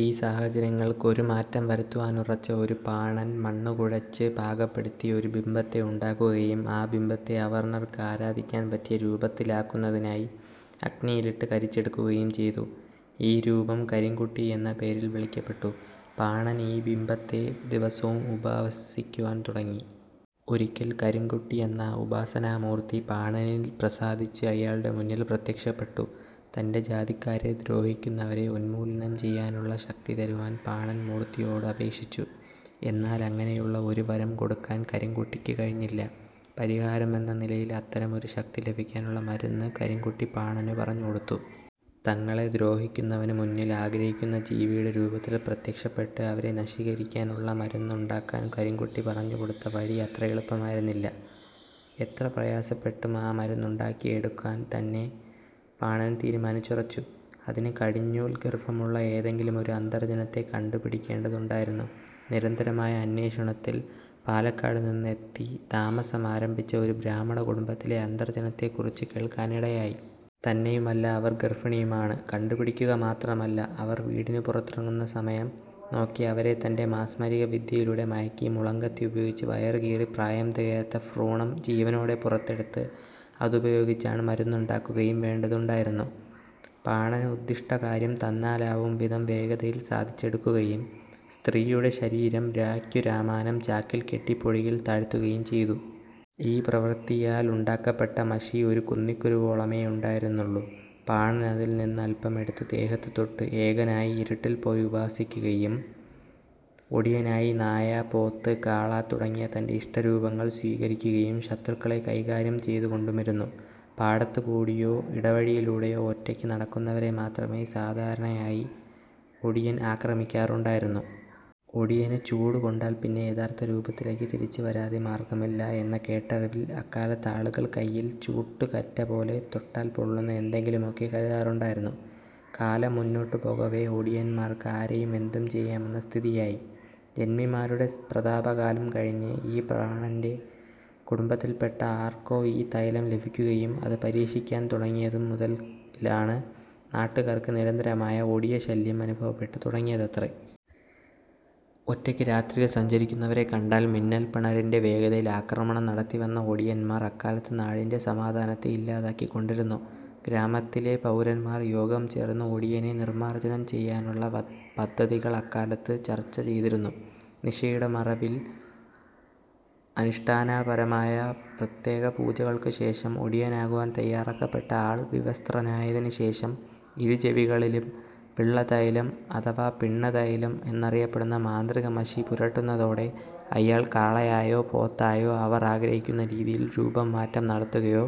ഈ സാഹചര്യങ്ങൾക്ക് ഒരു മാറ്റം വരുത്തുവാനുറച്ച ഒരു പാണൻ മണ്ണു കുഴച്ചു പാകപ്പെടുത്തി ഒരു ബിംബത്തെ ഉണ്ടാക്കുകയും ആ ബിംബത്തെ അവർണ്ണർക്ക് ആരാധിക്കാൻ പറ്റിയ രൂപത്തിലാക്കുന്നതിനായി അഗ്നിയിലിട്ട് കരിച്ചെടുക്കുകയും ചെയ്തു. ഈ രൂപം കരിങ്കുട്ടി എന്ന പേരിൽ വിളിക്കപ്പെട്ടു. പാണൻ ഈ ബിംബത്തെ ദിവസവും ഉപാസിക്കുവാൻ തുടങ്ങി. ഒരിക്കൽ കരിങ്കുട്ടിയെന്ന ഉപാസനാമൂർത്തി പാണനിൽ പ്രസാദിച്ച് അയാളുടെ മുന്നിൽ പ്രത്യക്ഷപ്പെട്ടു. തന്റെ ജാതിക്കാരെ ദ്രോഹിക്കുന്നവരെ ഉന്മൂലനം ചെയ്യാനുള്ള ശക്തി തരുവാൻ പാണൻ മൂർത്തിയോട് അപേക്ഷിച്ചു. എന്നാൽ അങ്ങനെയുള്ള ഒരു വരം കൊടുക്കാൻ കരിങ്കുട്ടിക്കു കഴിഞ്ഞില്ല. പരിഹാരമെന്ന നിലയിൽ അത്തരം ഒരു ശക്തി ലഭിക്കാനുളള മരുന്ന് കരിങ്കുട്ടി പാണനു പറഞ്ഞു കൊടുത്തു. തങ്ങളെ ദ്രോഹിക്കുന്നവനു മുന്നിൽ ആഗ്രഹിക്കുന്ന ജീവിയുടെ രൂപത്തിൽ പ്രത്യക്ഷപ്പെട്ട് അവരെ നശീകരിക്കാനുള്ള മരുന്ന് ഉണ്ടാക്കാൻ കരിങ്കുട്ടി പറഞ്ഞുകൊടുത്ത വഴി അത്ര എളുപ്പമായിരുന്നില്ല. എത്ര പ്രയാസപ്പെട്ടും ആ മരുന്ന് ഉണ്ടാക്കിയെടുക്കാൻതന്നെ പാണൻ തീരുമാനിച്ചുറച്ചു. അതിന് കടിഞ്ഞൂൽ ഗർഭമുള്ള ഏതെങ്കിലും ഒരു അന്തർജനത്തെ കണ്ടു പിടിക്കേണ്ടതുണ്ടായിരുന്നു. നിരന്തരമായ അന്വേഷണത്തിൽ പാലക്കാടു നിന്ന് എത്തി താമസമാരംഭിച്ച ഒരു ബ്രാഹ്മണ കുടുംബത്തിലെ അന്തർജ്ജനത്തെക്കുറിച്ചു കേൾക്കാനിടയായി. തന്നെയുമല്ല അവർ ഗർഭിണിയുമാണ്. കണ്ടുപിടിക്കുക മാത്രമല്ല അവർ വീടിനു പുറത്തിറങ്ങുന്ന സമയം നോക്കി അവരെ തന്റെ മാസ്മരിക വിദ്യയിലൂടെ മയക്കി മുളങ്കത്തി ഉപയോഗിച്ചു വയറു കീറി പ്രായം തികയാത്ത ഭ്രൂണം ജീവനോടെ പുറത്തെടുത്ത് അതുപയോഗിച്ചാണ് മരുന്നുണ്ടാക്കുയും വേണ്ടതുണ്ടായിരുന്നു. പാണൻ ഉദ്ദിഷ്ടകാര്യം തന്നാലാവും വിധം വേഗതയിൽ സാധിച്ചെടുക്കുകയും സ്ത്രീയുടെ ശരീരം രായ്ക്കു രാമാനം ചാക്കിൽ കെട്ടി പുഴയിൽ താഴ്ത്തുകയും ചെയ്തു. ഈ പ്രവൃത്തിയാൽ ഉണ്ടാക്കപ്പെട്ട മഷി ഒരു കുന്നിക്കുരുവോളമേയുണ്ടായിരുന്നുള്ളൂ. പാണൻ അതിൽനിന്ന് അൽപ്പം എടുത്തു ദേഹത്ത് തൊട്ട്, ഏകനായി ഇരുട്ടിൽ പോയി ഉപാസിക്കുകയും ഒടിയനായി നായ, പോത്ത്, കാള തുടങ്ങിയ തന്റെ ഇഷ്ടരൂപങ്ങൾ സ്വീകരിക്കുകയും ശത്രുക്കളെ കൈകാര്യം ചെയ്തുകൊണ്ടുമിരുന്നു. പാടത്ത് കൂടിയോ, ഇടവഴിയിലൂടെയോ ഒറ്റയ്ക്ക് നടക്കുന്നവരെ മാത്രമേ സാധാരയായി ഒടിയൻ ആക്രമിക്കാറുണ്ടായിരുന്നു. ഒടിയനു ചൂട് കൊണ്ടാൽപ്പിന്നെ യഥാർത്ഥ രൂപത്തിലേക്ക് തിരിച്ചു വരാതെ മാർഗ്ഗമില്ല എന്ന കേട്ടറിവിൽ അക്കാലത്ത് ആളുകൾ കൈയിൽ ചൂട്ടുകറ്റ പോലെ തൊട്ടാൽ പൊള്ളുന്ന എന്തെങ്കിലുമൊക്കെ കരുതാറുണ്ടായിരുന്നു. കാലം മുന്നോട്ടു പോകവേ ഒടിന്മാർക്ക് ആരെയും എന്തും ചെയ്യാമെന്ന സ്ഥിതിയായി. ജന്മിമാരുടെ പ്രതാപ കാലം കഴിഞ്ഞ് ഈ പാണന്റെ കുടുംബത്തിൽപ്പെട്ട ആർക്കോ ഈ തൈലം ലഭിക്കുകയും അതു പരീക്ഷിക്കാൻ തുടങ്ങിയതും മുതലാണ് നാട്ടുകാർക്ക് നിരന്തരമായ 'ഒടിയ ശല്യം' അനുഭവപ്പെട്ടു തുടങ്ങിയതത്രേ. ഒറ്റയ്ക്ക് രാത്രിയിൽ സഞ്ചരിക്കുന്നവരെ കണ്ടാൽ മിന്നൽപ്പിണരിൻറെ വേഗതയിൽ ആക്രമണം നടത്തിവന്ന ഒടിയൻമാർ അക്കാലത്ത് നാടിൻറെ സമാധാനത്തെ ഇല്ലാതാക്കി കൊണ്ടിരുന്നു. ഗ്രാമത്തിലെ പൌരന്മാർ യോഗം ചേർന്ന് ഒടിയനെ നിർമ്മാർജ്ജനം ചെയ്യാനുള്ള പദ്ധതികൾ അക്കാലത്തു ചർച്ച ചെയ്തിരുന്നു. നിശയുടെ മറവിൽ, അനുഷ്ഠാനപരമായ പ്രത്യേക പൂജകൾക്കു ശേഷം ഒടിയനാകുവാൻ തയ്യാറാക്കപ്പെട്ട ആൾ വിവസ്ത്രനായതിനു ശേഷം ഇരു ചെവികളിലും പിള്ള തൈലം അഥവാ പിണ്ണതൈലം എന്നറിയപ്പെടുന്ന മാന്ത്രിക മഷി പുരട്ടുന്നതോടെ അയാൾ കാളയായോ പോത്തായോ അവർ ആഗ്രഹിക്കുന്ന രീതിയിൽ രൂപം മാറ്റം നടത്തുകയോ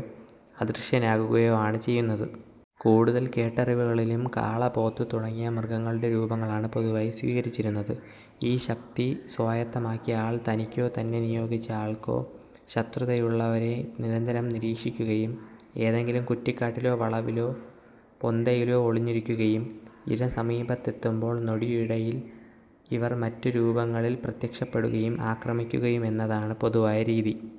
അദൃശ്യനാകുകയോ ആണ് ചെയ്യുന്നത്. കൂടുതൽ കേട്ടറിവുകളിലും കാള, പോത്ത് തുടങ്ങിയ മൃഗങ്ങളുടെ രൂപങ്ങളാണ് പൊതുവായി സ്വീകരിച്ചിരുന്നത്. ഈ ശക്തി സ്വായത്തമാക്കിയ ആൾ തനിക്കോ തന്നെ നിയോഗിച്ച ആൾക്കോ ശത്രുതയുള്ളവരെ നിരന്തരം നിരീക്ഷിക്കുകയും ഏതെങ്കിലും കുറ്റിക്കാട്ടിലോ വളവിലോ പൊന്തയിലോ ഒളിഞ്ഞിരിക്കുകയും ഇര സമീപത്തെത്തുമ്പോൾ നൊടിയിടയിൽ ഇവർ മറ്റുരൂപങ്ങളിൽ പ്രത്യക്ഷപ്പെടുകയും ആക്രമിക്കുകയുമെന്നതാണ് പൊതുവായ രീതി.